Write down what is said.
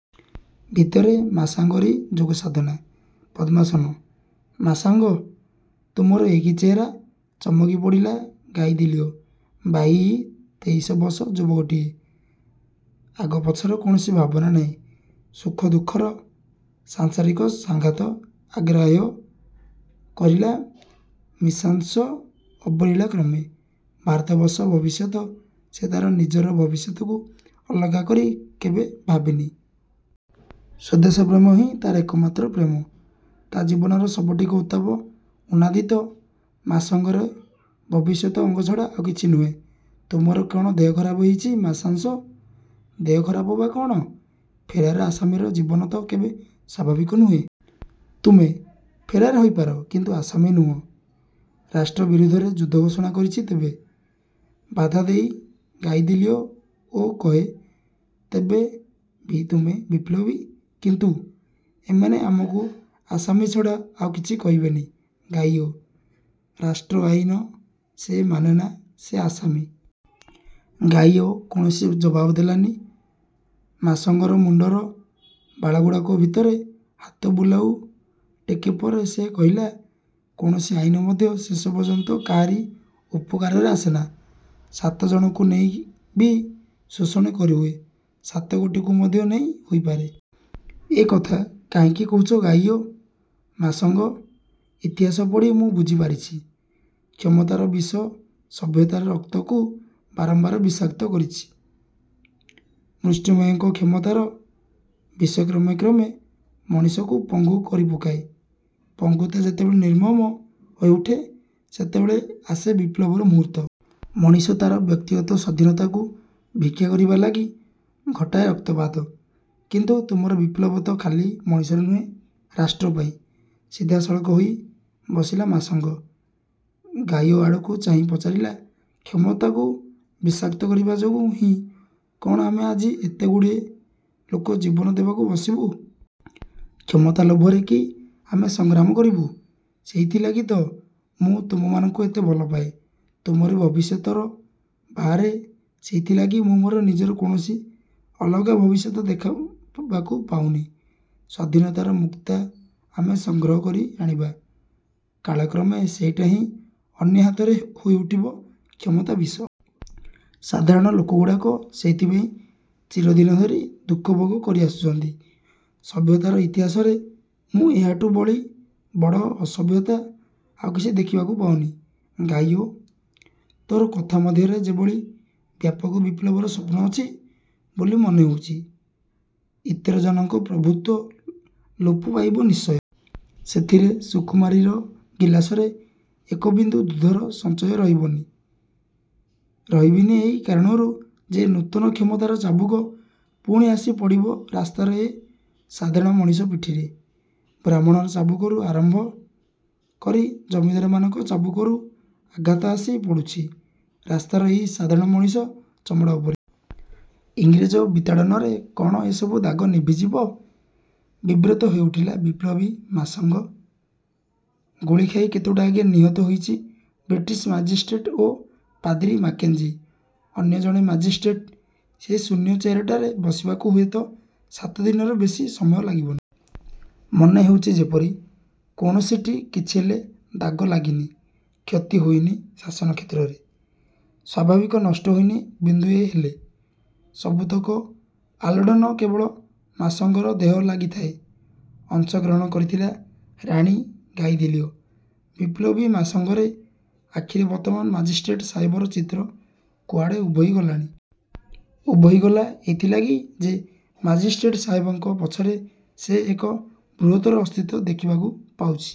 ଭିତରେ ମାଶାଙ୍ଗରୀ ଯୋଗସାଧନା। ପଦ୍ମାସନ। –ମାଶାଂଗ! ତୁମର ଏ କି ଚେହେରା? ଚମକି ପଡ଼ିଲା ଗାଇଦିଲିଓ। ବାଇଇ ତେଇଶ ବର୍ଷ ଯୁବକଟିଏ। ଆଗ ପଛର କୌଣସି ଭାବନା ନାହିଁ। ସୁଖ ଦୁଃଖର ସାଂସାରିକ ସଂଘାତ ଆଗ୍ରାହ୍ୟ କରିଲା ମୀଶାଂଶ ଅବଲୀଳାକ୍ରମେ। ଭାରତବର୍ଷ ଭବିଷ୍ୟତ ସେ ତାର ନିଜର ଭବିଷ୍ୟତକୁ ଅଲଗା କରି କେବେ ଭାବିନି। ସ୍ୱଦେଶପ୍ରେମ ହିଁ ତାର ଏକମାତ୍ର ପ୍ରେମ। ତା ଜୀବନର ସବୁଟିକ ଉତ୍ତାପ ଉନ୍ନାଦିତ ମାଶାଂଗରେ ଭବିଷ୍ୟତ ଅଙ୍ଗ ଛଡ଼ା ଆଉ କିଛି ନୁହେଁ। –ତୁମର କ'ଣ ଦେହ ଖରାପ ହେଇଛି ମାଶଂଶ! –ଦେହ ଖରାପ ବା କ'ଣ? ଫେରାର ଆସାମୀର ଜୀବନ ତ କେବେ ସ୍ୱାଭାବିକ ନୁହେଁ-। –ତୁମେ ଫେରାର ହୋଇପାର କିନ୍ତୁ ଆସାମୀ ନୁହଁ। –ରାଷ୍ଟ୍ର ବିରୁଦ୍ଧରେ ଯୁଦ୍ଧ ଘୋଷଣା କରିଛି ତେବେ? ବାଧା ଦେଇ ଗାଇଦିଲିଓ ଓ କହେ, ତେବେ ବି ତୁମେ ବିପ୍ଳବୀ! କିନ୍ତୁ ଏମାନେ ଆମକୁ ଆସାମୀ ଛଡ଼ା ଆଉ କିଛି କହିବେନି ଗାଇଓ! ରାଷ୍ଟ୍ର ଆଇନ ସେ ମାନେନା ସେ ଆସାମୀ। ଗାଇଓ କୌଣସି ଜବାବ ଦେଲାନି। ମାଶାଂଗର ମୁଣ୍ଡର ବାଳଗୁଡ଼ାକ ଭିତରେ ହାତ ବୁଲାଉ ଟିକେ ପରେ ସେ କହିଲା, କୌଣସି ଆଇନ ମଧ୍ୟ ଶେଷ ପର୍ଯ୍ୟନ୍ତ କାହାରି ଉପକାରରେ ଆସେନା। ସାତ ଜଣକୁ ନେଇ ବି ଶୋଷଣ କରିହୁଏ, ସାତ କୋଟିକୁ ମଧ୍ୟ ନେଇ ହୋଇପାରେ। –ଏ କଥା କାହିଁକି କହୁଛୁ ଗାଇଓ? –ମାଶାଂଗ! ଇତିହାସ ପଢ଼ି ମୁଁ ବୁଝିପାରିଛି, କ୍ଷମତାର ବିଷ ସଭ୍ୟତାର ରକ୍ତକୁ ବାରମ୍ୱାର ବିଷାକ୍ତ କରିଚି। ମୃଷ୍ଟିମେୟଙ୍କ କ୍ଷମତାର ବିଷ କ୍ରମେ କ୍ରମେ ମଣିଷକୁ ପଙ୍ଗୁ କରିପକାଏ-। ପଙ୍ଗୁତା ଯେତେବେଳେ ନିର୍ମମ ହୋଇଉଠେ, ସେତେବେଳେ ଆସେ ବିପ୍ଳବର ମୁହୂର୍ତ୍ତ। ମଣିଷ ତାର ବ୍ୟକ୍ତିଗତ ସ୍ୱାଧୀନତାକୁ ଭିକ୍ଷା କରିବା ଲାଗି ଘଟାଏ ରକ୍ତପାତ। କିନ୍ତୁ ତୁମର ବିପ୍ଳବ ତ ଖାଲି ମଣିଷର ନୁହଁ, ରାଷ୍ଟ୍ର ପାଇଁ। ସିଧା ସଳଖ ହୋଇ ବସିଲା ମାଶଂଗ। ଗାଇଓ ଆଡ଼କୁ ଚାହିଁ ପଚାରିଲା–କ୍ଷମତାକୁ ବିଷାକ୍ତ କରିବା ଯୋଗୁଁ ହିଁ କ'ଣ ଆମେ ଆଜି ଏତେଗୁଡ଼ିଏ ଲୋକ ଜୀବନ ଦେବାକୁ ବସିବୁ? କ୍ଷମତା ଲୋଭରେ କି ଆମେ ସଂଗ୍ରାମ କରିବୁ? –ସେଇଥିଲାଗି ତ ମୁଁ ତୁମମାନଙ୍କୁ ଏତେ ଭଲପାଏ। ତୁମରି ଭବିଷ୍ୟତର ବାହାରେ ସେଇଥିଲାଗି ମୁଁ ମୋର ନିଜର କୌଣସି ଅଲଗା ଭବିଷ୍ୟତ ଦେଖିବାକୁ ପାଉନି ସ୍ୱାଧୀନତାର ମୁକ୍ତା ଆମେ ସଂଗ୍ରହ କରି ଆଣିବା, କାଳମକ୍ରମେ ସେଇଟା ହିଁ ଅନ୍ୟ ହାତରେ ହୋଇଉଠିବ କ୍ଷମତା ବିଷ-। ସାଧାରଣ ଲୋକଗୁଡ଼ାକ ସେଇଥିପାଇଁ ଚିରଦିନ ଧରି ଦୁଃଖ ଭୋଗ କରି ଆସୁଛନ୍ତି। ସଭ୍ୟତାର ଇତିହାସରେ ମୁଁ ଏହାଠୁ ବଳି ବଡ଼ ଅସଭ୍ୟତା ଆଉ କିଛି ଦେଖିବାକୁ ପାଉନି। –ଗାଇଓ! ତୋର କଥା ମଧ୍ୟରେ ଯେଭଳି ବ୍ୟାପକ ବିପ୍ଳବର ସ୍ୱପ୍ନ ଅଛି ବୋଲି ମନେ ହେଉଛି। –ଇତରଜନଙ୍କ ପ୍ରଭୃତ୍ୱ ଲୋପ ପାଇବ ନିଶ୍ଚୟ। ସେଥିରେ ସୁକୁମାରୀର ଗିଲାସରେ ଏକ ବିନ୍ଦୁ ଦୁଧର ସଞ୍ଚୟ ରହିବିନି। ରହିବିନି ଏଇ କାରଣରୁ ଯେ ନୂତନ କ୍ଷମତାର ଚାବୁକ ପୁଣି ଆସି ପଡ଼ିବ ରାସ୍ତାର ଏ ସାଧାରଣ ମଣିଷ ପିଠିରେ। ବ୍ରାହ୍ମଣର ଚାବୁକରୁ ଆରମ୍ଭ କରି ଜମିଦାରମାନଙ୍କ ଚାବୁକରୁ ଆଘାତ ଆସି ପଡ଼ୁଛି ରାସ୍ତାର ଏଇ ସାଧାରଣ ମଣିଷ ଚମଡ଼ା ଉପରେ-। ଇଂରେଜ ବିତାଡ଼ନରେ କ'ଣ ଏସବୁ ଦାଗ ନିଭିଯିବ? ବିବ୍ରତ ହୋଇଉଠିଲା ବିପ୍ଳବୀ ମାଶାଂଗ। ଗୁଳି ଖାଇ କେତୁଟା ଆଗେ ନିହତ ହୋଇଛି ବ୍ରିଟିଶ ମାଜିଷ୍ଟ୍ରେଟ ଓ ପାଦ୍ରୀ ମାକେଂଜି। ଅନ୍ୟ ଜଣେ ମାଜିଷ୍ଟ୍ରେଟ ସେହି ଶୂନ୍ୟ ଚେୟାରଟାରେ ବସିବାକୁ ହୁଏତ ସାତ ଦିନରୁ ବେଶି ସମୟ ଲାଗିବନି। ମନେ ହେଉଛି ଯେପରି କୌଣସିଠି କିଛିହେଲେ ଦାଗ ଲାଗିନି। କ୍ଷତି ହୋଇନି ଶାସନକ୍ଷେତ୍ରରେ। ସ୍ୱାଭାବିକ ନଷ୍ଟ ହୋଇନି ବିନ୍ଦୁଏ ହେଲେ। ସବୁତକ ଆଲୋଡ଼ନ କେବଳ ମାଶଂଗର ଦେହ ଲାଗି ଥିଲା? ଅଂଶ ଗ୍ରହଣ କରିଥିଲା ରାଣୀ ଗାଇଦିଲିଓ। ବିପ୍ଳବୀ ମାଶାଂଗରେ ଆଖିରେ ବର୍ତ୍ତମାନ ମାଜିଷ୍ଟ୍ରେଟ ସାହେବର ଚିତ୍ର କୁଆଡ଼େ ଉଭେଇ ଗଲାଣି। ଉଭେଇଗଲା। ଏଇଥିଲାଗି ଯେ ମାଜିଷ୍ଟ୍ରେଟ ସାହେବଙ୍କ ପଛରେ ସେ ଏକ ବୃହତ୍ତର ଅସ୍ତିତ୍ୱ ଦେଖିବାକୁ ପାଉଛି।